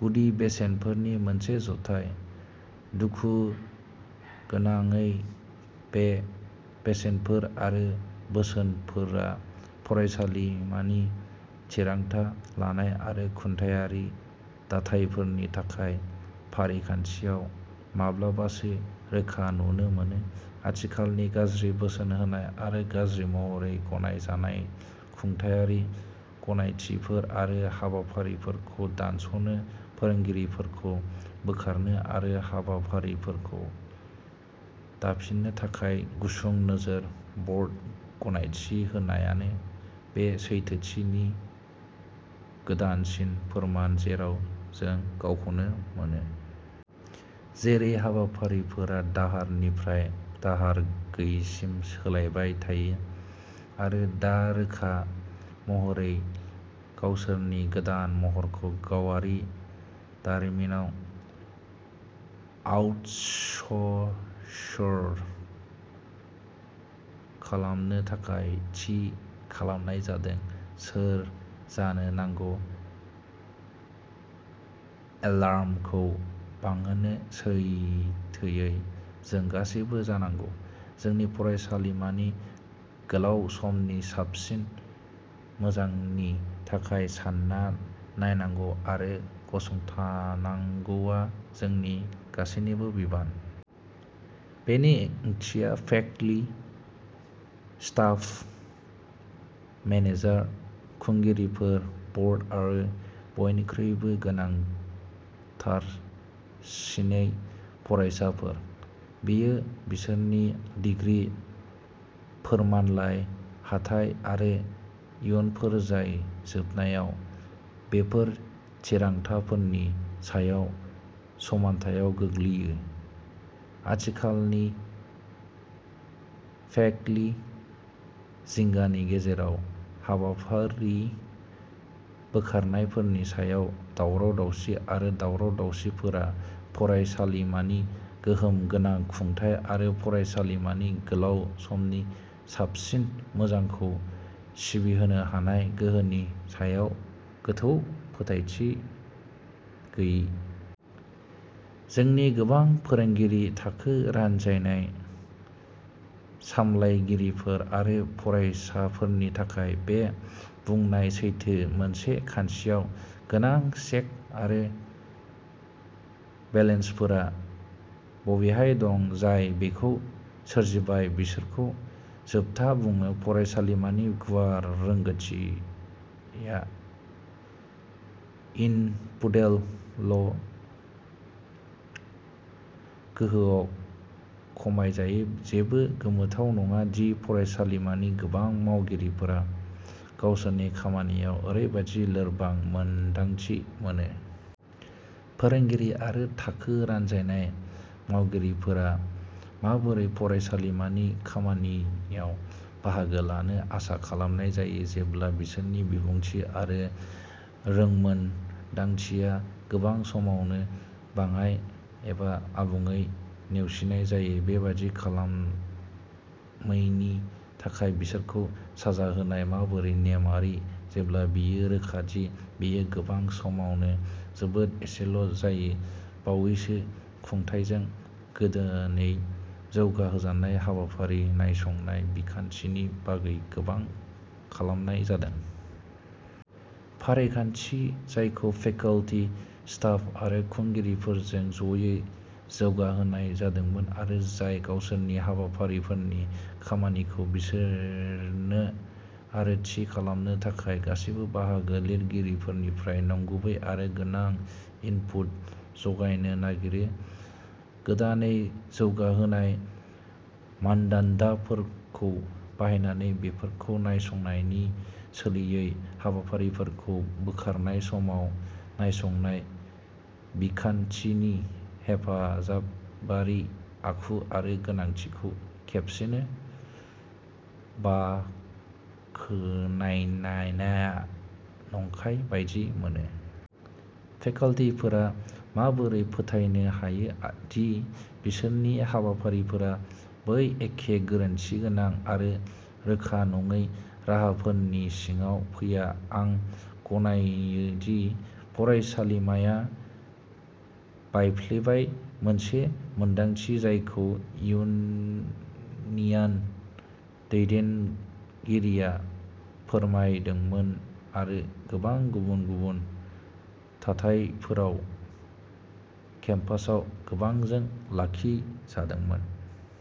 गुदि बेसेनफोरनि मोनसे जथाय। दुखुगोनाङै बे बेसेनफोर आरो बोसोनफोरा फरायसालिमानि थिरांथा लानाय आरो खुंथायारि दाथायफोरनि थाखाय फारिखान्थियाव माब्लाबासो रोखा नुनो मोनो। आथिखालनि गाज्रि बोसोन होनाय आरो गाज्रि महरै गनायजानाय खुंथायारि गनायथिफोर आरो हाबाफारिफोरखौ दानस'नो, फोरोंगिरिफोरखौ बोखारनो आरो हाबाफारिफोरखौ दाफिननो थाखाय गुसुं नोजोर बर्ड गनायथि होनायानो बे सैथोथिनि गोदानसिन फोरमान जेराव जों गावखौनो मोनो। जेरै हाबाफारिफोरा दाहारनिफ्राय दाहार गैयैसिम सोलायबाय थायो, आरो दा रोखा महरै गावसोरनि गोदान महरखौ गावारि दारिमिनाव आउटस'र्स खालामनो थाखाय थि खालामनाय जादों, सोर जानो नांगौ एलार्मखौ बांहोनो सैथोयै, जों गासैबो जानांगौ। जोंनि फरायसालिमानि गोलाव समनि साबसिन मोजांनि थाखाय सानना नायनांगौ आरो गसंथानांगौआ जोंनि गासैनिबो बिबान। बेनि ओंथिया फेकल्टि, स्टाफ, मेनेजार, खुंगिरिफोर, बर्ड आरो, बयनिख्रुइबो गोनांथारसिनै, फरायसाफोर। बेयो बिसोरनि डिग्री, फोरमानलाइ, हाथाइ आरो इयुनफोर जाय जोबनायाव बेफोर थिरांथाफोरनि सायाव समान्थायाव गोलैयो। आथिखालनि फेकलि जिंगानि गेजेराव। हाबाफारि बोखारनायफोरनि सायाव दावराव-दावसि आरो दावराव-दावसिफोरा फरायसालिमानि गोहोम गोनां खुंथाय आरो फरायसालिमानि गोलाव समनि साबसिन मोजांखौ सिबिहोनो हानाय गोहोनि सायाव गोथौ फोथायथि गैयै। जोंनि गोबां फोरोंगिरि, थाखो रानजानाय, सामलायगिरिफोर आरो फरायसाफोरनि थाखाय, बे बुंनाय सैथो। मोनसे खान्थियाव गोनां चेक आरो बेलेन्सफोरा बबेहाय दं, जाय बेखौ सोरजिबाय बिसोरखौ जोबथा बुङो फरायसालिमानि गुवार रोंगोथिआ इनपुटल' गोहोआव खमायजायो। जेबो गोमोथाव नङा दि फरायसालिमानि गोबां मावगिरिफोरा गावसोरनि खामानियाव ओरैबादि लोरबां मोन्दांथि मोनो। फोरोंगिरि आरो थाखो रानजानाय मावगिरिफोरा माबोरै फरायसालिमानि खामानियाव बाहागो लानो आसा खालामनाय जायो, जेब्ला बिसोरनि बिबुंथि आरो रोंमोनदांथिया गोबां समावनो बाङाइ एबा आबुङै नेवसिनाय जायो बेबादि खालामैनि थाखाय बिसोरखौ साजा होनाया माबोरै नेमआरि, जेब्ला बेयो रोखा दि बेयो गोबां समावनो जोबोद एसेल' जायो बावैसो खुंथायजों गोदानै जौगाहोजानाय हाबाफारि नायसंनाय बिखान्थिनि बागै गोबां खालामनाय जादों। फारिखान्थि जायखौ फेकल्टी, स्टाफ आरो खुंगिरिफोरजों ज'यै जौगाहोनाय जादोंमोन आरो जाय गावसोरनि हाबाफारिफोरनि खामानिखौ बिजिरनो आरो थि खालामनो थाखाय गासैबो बाहागो लागिरिफोरनिफ्राय नंगुबै आरो गोनां इनपुट जगायनो नागिरो। गोदानै जौगाहोनाय मानदान्दाफोरखौ बाहायनानै बेफोरखौ नायसंनायनि सोलायै हाबाफारिफोरखौ बोखारनाय समाव नायसंनाय बिखान्थिनि हेफाजाबारि आखु आरो गोनांथिखौ खेबसेनो बाखोनायनाया नंखाय बायदि मोनो। फेकल्टीफोरा माबोरै फोथायनो हायो दि बिसोरनि हाबाफारिफोरा बै एखे गोरोन्थिगोनां आरो रोखा नङै राहाफोरनि सिङाव फैया आं गनायो दि फरायसालिमाया बायफ्लेबाय, मोनसे मोनदांथि जायखौ इउनियान दैदेनगिरिया फोरमायदोंमोन आरो गोबां गुबुन गुबुन थाथायफोराव केम्पासआव गोबांजों लाखिजादोंमोन।